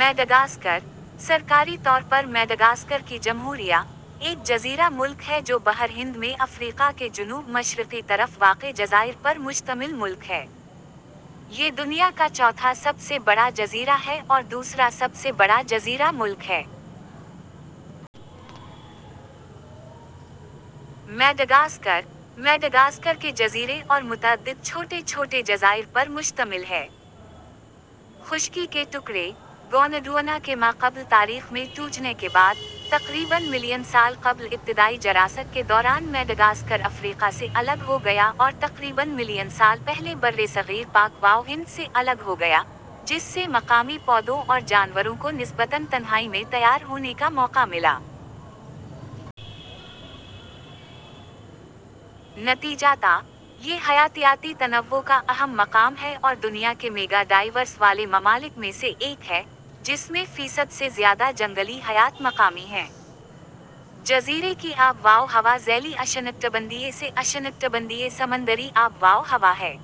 Madagascar ،، سرکاری طور پر Madagascar کی جمہوریہ، ایک جزیرہ ملک ہے جو بحر ہند میں افریقا کے جنوب مشرقی طرف واقع جزائر پر مشتمل ملک ہے۔ یہ دنیا کا چوتھا سب سے بڑا جزیرہ ہے اور دوسرا سب سے بڑا جزیرہ ملک ہے۔ مڈغاسکر، مڈغاسکر کے جزیرے اور متعدد چھوٹے چھوٹے جزائر پر مشتمل ہے۔ خشکی کے ٹکڑے، گونڈوانا کے ما قبل تاریخ میں ٹوٹنے کے بعد، تقریباً ملین سال قبل ابتدائی جراسک کے دوران مڈغاسکر افریقہ سے الگ ہو گیا اور تقریباً ملین سال پہلے برصغیر پاک و ہند سے الگ ہو گیا، جس سے مقامی پودوں اور جانوروں کو نسبتاً تنہائی میں تیار ہونے کا موقع ملا۔ نتیجتاً، یہ حیاتیاتی تنوع کا اہم مقام ہے اور دنیا کے میگا ڈائیورس والے ممالک میں سے ایک ہے، جس میں فیصد سے زیادہ جنگلی حیات مقامی ہیں۔ جزیرے کی آب و ہوا ذیلی اشنکٹبندیی سے اشنکٹبندیی سمندری آب و ہوا ہے۔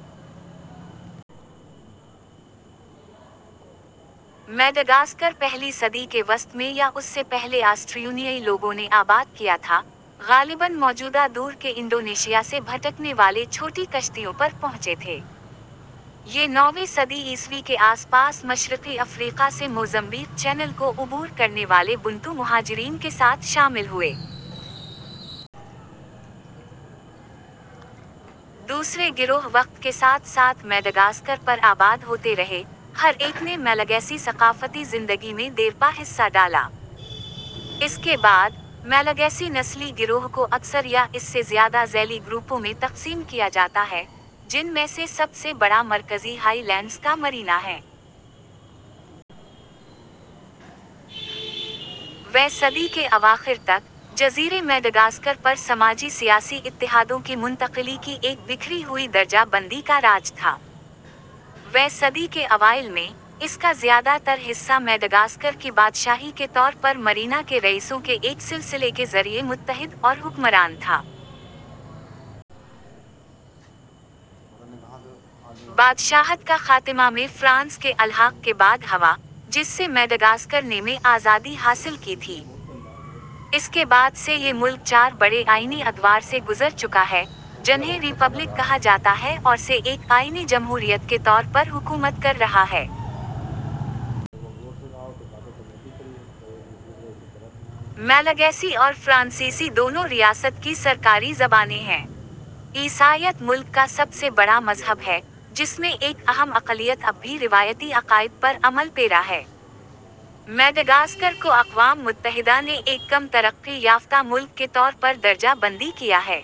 مڈغاسکر پہلی صدی کے وسط میں یا اس سے پہلے آسٹریونیائی لوگوں نے آباد کیا تھا، غالباً موجودہ دور کے انڈونیشیا سے بھٹکنے والے چھوٹی کشتیوں پر پہنچے تھے۔ یہ نویں صدی عیسوی کے آس پاس مشرقی افریقہ سے موزمبیق چینل کو عبور کرنے والے بنتو مہاجرین کے ساتھ شامل ہوئے۔ دوسرے گروہ وقت کے ساتھ ساتھ مڈغاسکر پر آباد ہوتے رہے، ہر ایک نے ملاگاسی ثقافتی زندگی میں دیرپا حصہ ڈالا۔ اس کے بعد، ملاگاسی نسلی گروہ کو اکثر یا اس سے زیادہ ذیلی گروپوں میں تقسیم کیا جاتا ہے، جن میں سے سب سے بڑا مرکزی ہائی لینڈز کا مرینا ہے۔ ویں صدی کے اواخر تک، جزیرے مڈغاسکر پر سماجی سیاسی اتحادوں کی منتقلی کی ایک بکھری ہوئی درجہ بندی کا راج تھا۔ ویں صدی کے اوائل میں، اس کا زیادہ تر حصہ مڈغاسکر کی بادشاہی کے طور پر مرینا کے رئیسوں کے ایک سلسلے کے ذریعے متحد اور حکمران تھا۔ بادشاہت کا خاتمہ میں فرانس کے الحاق کے بعد ہوا، جس سے مڈغاسکر نے میں آزادی حاصل کی تھی۔ اس کے بعد سے یہ ملک چار بڑے آئینی ادوار سے گذر چکا ہے، جنھیں ریپبلک کہا جاتا ہے اور سے ایک آئینی جمہوریت کے طور پر حکومت کر رہا ہے۔ ملاگاسی اور فرانسیسی دونوں ریاست کی سرکاری زبانیں ہیں۔ عیسائیت ملک کا سب سے بڑا مذہب ہے، جس میں ایک اہم اقلیت اب بھی روایتی عقائد پر عمل پیرا ہے۔ مڈغاسکر کو اقوام متحدہ نے ایک کم ترقی یافتہ ملک کے طور پر درجہ بندی کیا ہے۔